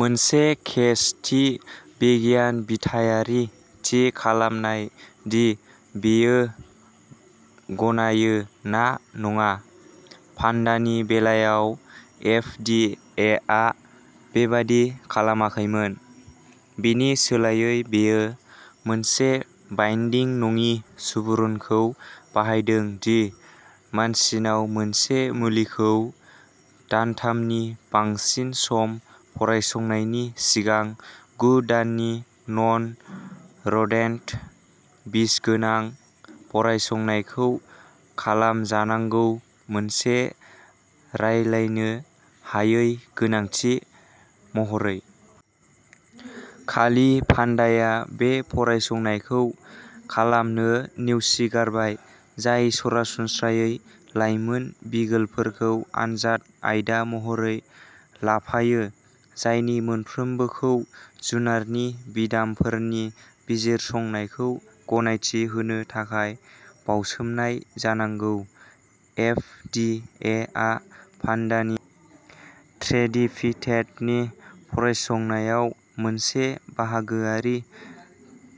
मोनसे केस थि बिगियानबिथायारि थि खालामनाय दि बियो गनायो ना नङा। भान्डानि बेलायाव एफ डि ए आ बेबादि खालामाखैमोन। बेनि सोलायै बेयो मोनसे बाइन्दिं नङि सुबुरुनखौ बाहायदों दि मानसिनाव मोनसे मुलिखौ दानथामनि बांसिन सम फरायसंनायनि सिगां गु दाननि नन र'डेन्ट बिसगोनां फरायसंनायखौ खालामजानांगौ मोनसे रायलायनो हायै गोनांथि महरै। खालि फान्डाया बे फरायसंनायखौ खालामनो नेवसिगारबाय जाय सरासनस्रायै लाइमोन बिगोलफोरखौ आनजाद आयदा महरै लाफायो जायनि मोनफ्रोमबोखौ जुनारनि बिदामफोरनि बिजिरसंनायखौ गनायथि होनो थाखाय बावसोमनाय जानांगौ एफ डि ए आ भान्डानि ट्रेडिपिटेटनि फरायसंनायाव मोनसे बाहागोआरि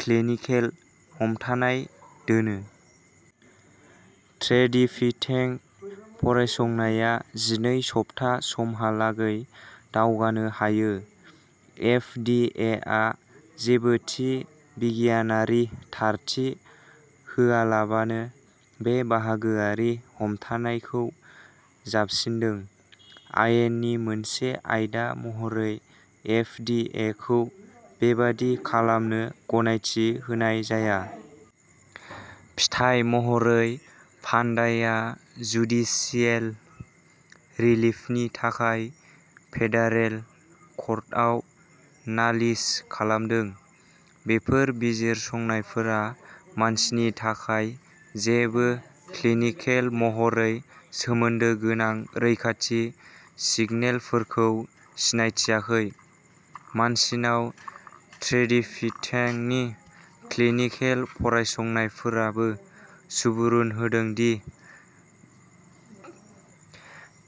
क्लिनिकेल हमथानाय दोनो। ट्रेडिपिटें फरायसंनाया जिनै सप्ता समहालागै दावगानो हायो। एफ डि ए आ जेबो थि बिगियानारि थारथि होआलाबानो बे बाहागोआरि हमथानायखौ जाबसिनदों। आयेननि मोनसे आयदा महरै एफ डि ए खौ बेबादि खालामनो गनायथि होनाय जाया। फिथाय महरै फान्डाया जुडिसियेल रिलिफनि थाखाय फेडारेल कर्टआव नालिस खालामदों। बेफोर बिजिरसंनायफोरा मानसिनि थाखाय जेबो क्लिनिकेल महरै सोमोन्दो गोनां रैखाथि सिगनेलफोरखौ सिनायथियाखै। मानसिनाव ट्रेडिपिटेंनि क्लिनिकेल फरायसंनायफोराबो सुबुरुन होदों दि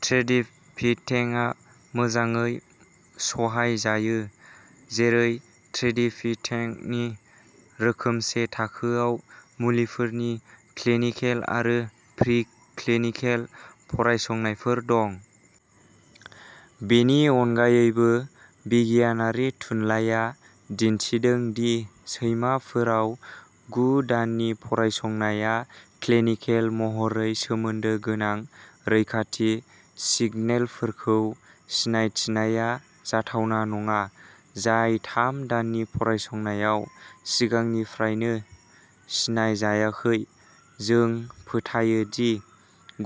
ट्रेडिपिटेंआ मोजाङै सहायजायो जेरै ट्रेडिपिटेंनि रोखोमसे थाखोआव मुलिफोरनि क्लिनिकेल आरो प्रिक्लिनिकेल फरायसंनायफोर दं। बेनि अनगायैबो बिगियानारि थुनलाइया दिन्थिदों दि सैमाफोराव गु दाननि फरायसंनाया क्लिनिकेल महरै सोमोन्दो गोनां रैखाथि सिगनेलफोरखौ सिनायथिनाया जाथावना नङा जाय थाम दाननि फरायसंनायाव सिगांनिफ्रायनो सिनायजायाखै। जों फोथायो दि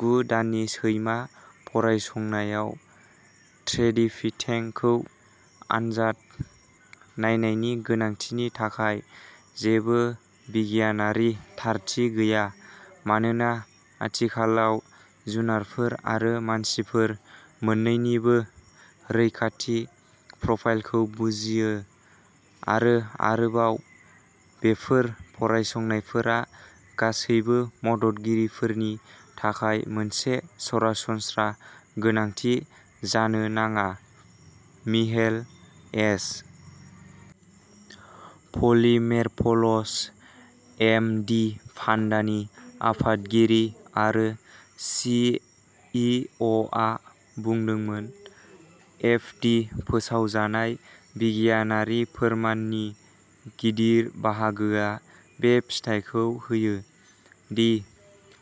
गु दाननि सैमा फरायसंनायाव ट्रेडिपिटेंखौ आनजाद नायनायनि गोनांथिनि थाखाय जेबो बिगियानारि थारथि गैया मानोना आथिखालाव जुनारफोर आरो मानसिफोर मोन्नैनिबो रैखाथि प्रफाइलखौ बुजियो आरो आरोबाव, बेफोर फरायसंनायफोरा गासैबो मददगिरिफोरनि थाखाय मोनसे सरासनस्रा गोनांथि जानो नाङा Michael H. Polymeropoulos M D फान्डानि आफादगिरि आरो सि इ अ आ बुंदोंमोन। एफ डि फोसावजानाय बिगियानारि फोरमाननि गिदिर बाहागोआ बे फिथाइखौ होयो दि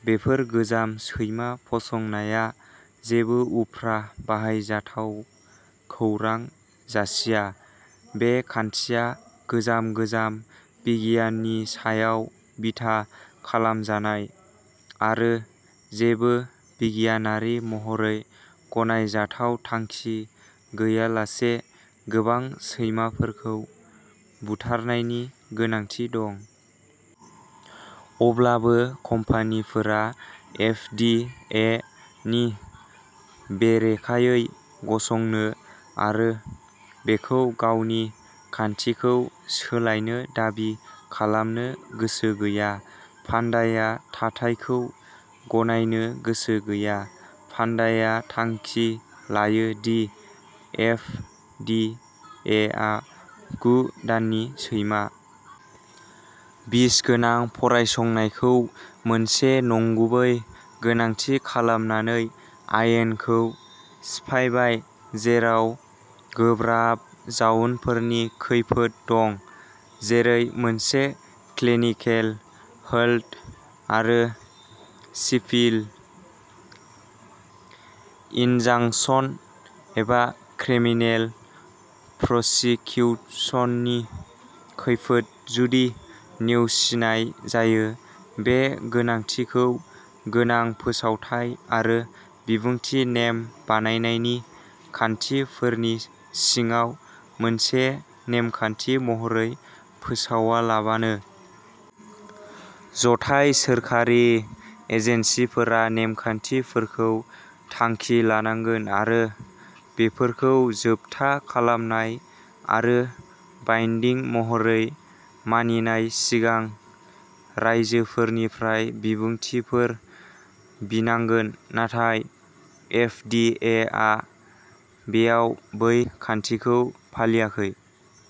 बेफोर गोजाम सैमा फसंनाया जेबो उफ्रा बाहायजाथाव खौरां जासिया। बे खान्थिया गोजाम गोजाम बिगियाननि सायाव बिथा खालामजानाय आरो जेबो बिगियानारि महरै गनायजाथाव थांखि गैयालासे गोबां सैमाफोरखौ बुथारनायनि गोनांथि दं। अब्लाबो कम्पानिफोरा एफ डि ए नि बेरेखायै गसंनो आरो बेखौ गावनि खान्थिखौ सोलायनो दाबि खालामनो गोसो गैया। फान्डाया थाथायखौ गनायनो गोसो गैया। फान्डाया थांखि लायो दि एफ डि ए आ गु दाननि सैमा बिसगोनां फरायसंनायखौ मोनसे नंगुबै गोनांथि खालामनानै आयेनखौ सिफायबाय जेराव गोब्राब जाउनफोरनि खैफोद दं जेरै मोनसे क्लिनिकेल होल्ड आरो सिफिल इनजांक्सन एबा क्रिमिनेल प्रसिकिउसननि खैफोद जुदि नेवसिनाय जायो बे गोनांथि खौ गोनां फोसावथाइ आरो बिबुंथि नेम बानायनायनि खान्थिफोरनि सिङाव मोनसे नेमखान्थि महरै फोसावालाबानो -- जथाय सोरखारि एजेन्सिफोरा नेमखान्थिफोरखौ थांखि लानांगोन आरो बेफोरखौ जोबथा खालामनाय आरो बाइन्डिं महरै मानिनाय सिगां राइजोफोरनिफ्राय बिबुंथिफोर बिनांगोन नाथाय एफ डि ए आ बेयाव बै खान्थिखौ फालियाखै।